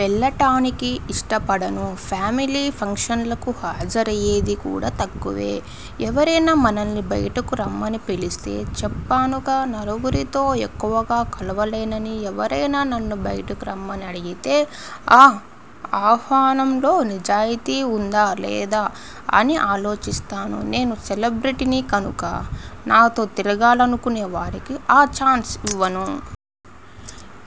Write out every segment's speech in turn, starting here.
వెళ్ళడానికి ఇష్టపడను. ఫ్యామిలీ ఫంక్షన్లకు హాజరయ్యేది కూడా తక్కువే! ఎవరైనా మిమ్మల్ని బయటకు రమ్మని పిలిస్తే? చెప్పానుగా నలుగురితో ఎక్కువగా కలవలేననీ, ఎవరైనా నన్ను బయటకు రమ్మని అడిగితే ఆ ఆహ్వానంలో నిజాయితీ ఉందా? లేదా? అని ఆలోచిస్తాను. నేను సెలబ్రిటీని కనుక నాతో తిరగాలనుకునేవారికి ఆ ఛాన్స్ ఇవ్వను.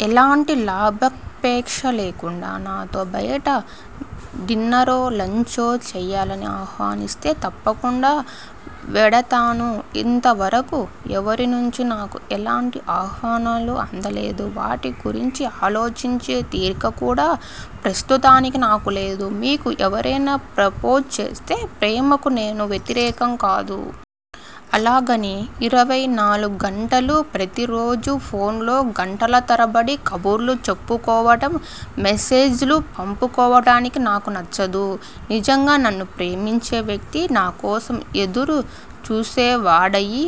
ఎలాంటి లాభాపేక్ష లేకుండా నాతో బయట డిన్నరో, లంచో చేయాలని ఆహ్వానిస్తే తప్పకుండా వెడతాను. ఇంతవరకూ ఎవరినుంచీ నాకు అలాంటి ఆహ్వానాలు అందలేదు. వాటి గురించి ఆలోచించే తీరిక కూడా ప్రస్తుతానికి నాకు లేదు. మీకు ఎవరైనా ప్రపోజ్ చేస్తే? ప్రేమకు నేను వ్యతిరేకం కాదు. అలాగని ఇరవై నాలుగు గంటలూ, ప్రతిరోజూ ఫోనులో గంటల తరబడి కబుర్లు చెప్పుకోవడం, మెసేజ్లు పంపుకోవడాలు నాకు నచ్చదు. నిజంగా నన్ను ప్రేమించే వ్యక్తి నాకోసం ఎదురు చూసే వాడయి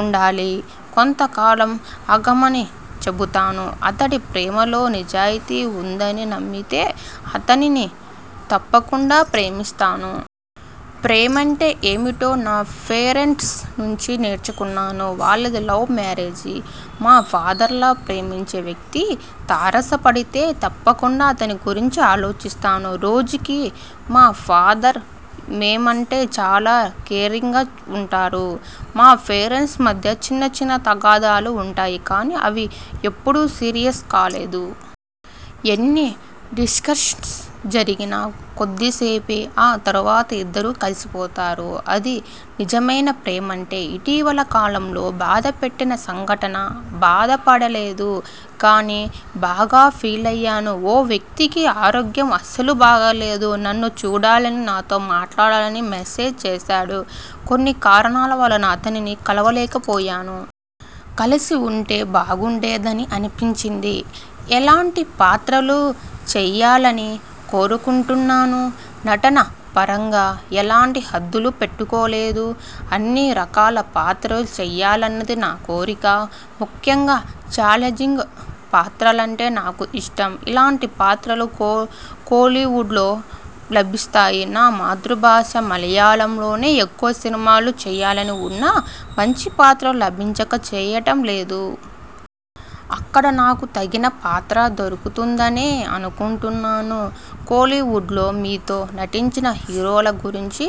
ఉండాలి. కొంత కాలం ఆగమని చెబుతాను. అతడి ప్రేమలో నిజాయితీ ఉందని నమ్మితే అతడిని తప్పకుండా ప్రేమిస్తాను. ప్రేమంటే ఏమిటో నా పేరెంట్స్ నుంచి నేర్చుకున్నాను. వాళ్ళది లవ్ మ్యారేజీ. మా ఫాదర్లా ప్రేమించే వ్యక్తి తారసపడితే తప్పకుండా అతడి గురించి ఆలోచిస్తాను. ఈ రోజుకీ మా ఫాదర్ మేమంటే చాలా కేరింగ్గా ఉంటారు. మా పేరెంట్స్ మధ్య చిన్న చిన్న తగాదాలు ఉంటాయి కానీ అవి ఎప్పుడూ సీరియస్ కాలేదు. ఎన్ని డిస్కషన్స్ జరిగినా కొద్దిసేపే. ఆ తరువాత ఇద్దరూ కలిసిపోతారు. అదీ నిజమైన ప్రేమంటే! ఇటీవలి కాలంలో బాధపెట్టిన సంఘటన? బాధపడలేదు. కానీ బాగా ఫీలయ్యాను. ఓ వ్యక్తికి ఆరోగ్యం అస్సలు బాగాలేదు. నన్ను చూడాలనీ, నాతో మాట్లాడాలనీ మెసేజ్ చేశాడు. కొన్ని కారణాల వలన అతడిని కలవలేకపోయాను. కలిసి ఉంటే బాగుండేదని అనిపించింది. ఎలాంటి పాత్రలు చేయాలని కోరుకుంటున్నారు? నటన పరంగా ఎలాంటి హద్దులు పెట్టుకోలేదు. అన్ని రకాల పాత్రలు చేయాలన్నది నా కోరిక. ముఖ్యంగా ఛాలెంజింగ్ పాత్రలంటే నాకు ఇష్టం. అలాంటి పాత్రలు కోలీవుడ్లో లభిస్తున్నాయి. నా మాతృభాష మలయాళంలోనే ఎక్కువ సినిమాలు చేయాలని ఉన్నా మంచి పాత్రలు లభించక చేయడం లేదు. అక్కడ నాకు తగిన పాత్ర దొరుకుతుందనే అనుకుంటున్నాను. కోలీవుడ్లో మీతో నటించిన హీరోల గురించి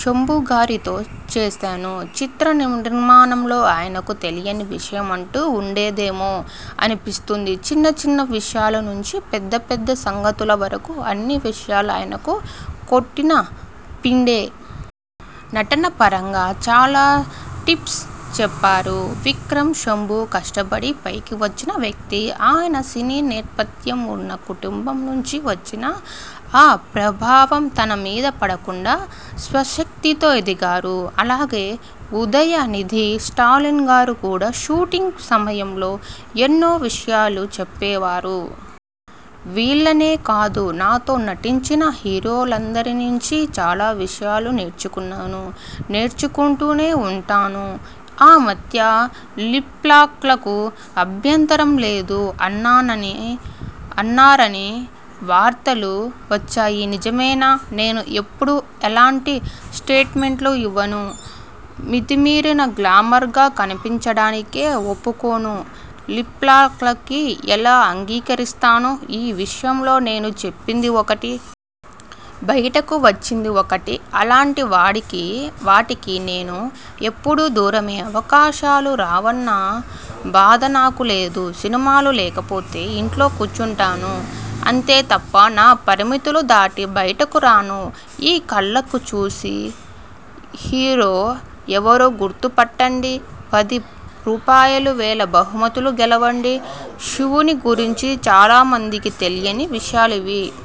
శింబుగారితో చేశాను. చిత్ర నిర్మాణంలో ఆయనకు తెలియని విషయం అంటూ ఉండదేమో అనిపిస్తుంది. చిన్న చిన్న విషయాల నుంచి పెద్ద పెద్ద సంగతుల వరకూ అన్ని విషయాలు ఆయనకు కొట్టిన పిండే! నటన పరంగా చాలా టిప్స్ చెప్పారు. విక్రమ్ ప్రభు కష్టపడి పైకి వచ్చిన వ్యక్తి. ఆయన సినీ నేపథ్యం ఉన్న కుటుంబం నుంచి వచ్చినా ఆ ప్రభావం తన మీద పడకుండా స్వశక్తితో ఎదిగారు. అలాగే ఉదయనిధి స్టాలిన్ గారు కూడా! షూటింగ్ సమయంలో ఎన్నో విషయాలు చెప్పేవారు. వీళ్ళనే కాదు నాతో నటించిన హీరోలందరి నుంచి చాలా విషయాలు నేర్చుకున్నాను. నేర్చుకుంటూనే ఉంటాను. ఆ మధ్య లిప్లాక్లకు అభ్యంతరం లేదు అన్నారని వార్తలు వచ్చాయి నిజమేనా? నేను ఎప్పుడూ అలాంటి స్టేట్మెంట్లు ఇవ్వను. మితిమీరిన గ్లామర్గా కనిపించడానికే ఒప్పుకోను. లిప్లాక్లకి ఎలా అంగీకరిస్తాను? ఈ విషయంలో నేను చెప్పింది ఒకటి. బయటకు వచ్చింది ఒకటి. అలాంటి వాటికి నేను ఎప్పుడూ దూరమే! అవకాశాలు రావన్న బాధ నాకు లేదు. సినిమాలు లేకపోతే ఇంట్లో కూర్చుంటాను. అంతే తప్ప నా పరిమితులు దాటి బయటకు రాను. ఈ కళ్లను చూసి హీరో ఎవరో గుర్తుపట్టండి. పది రూపాయలు వేల బహుమతులు గెలవండి. శివుడి గురించి చాలామందికి తెలియని విషయాలివి.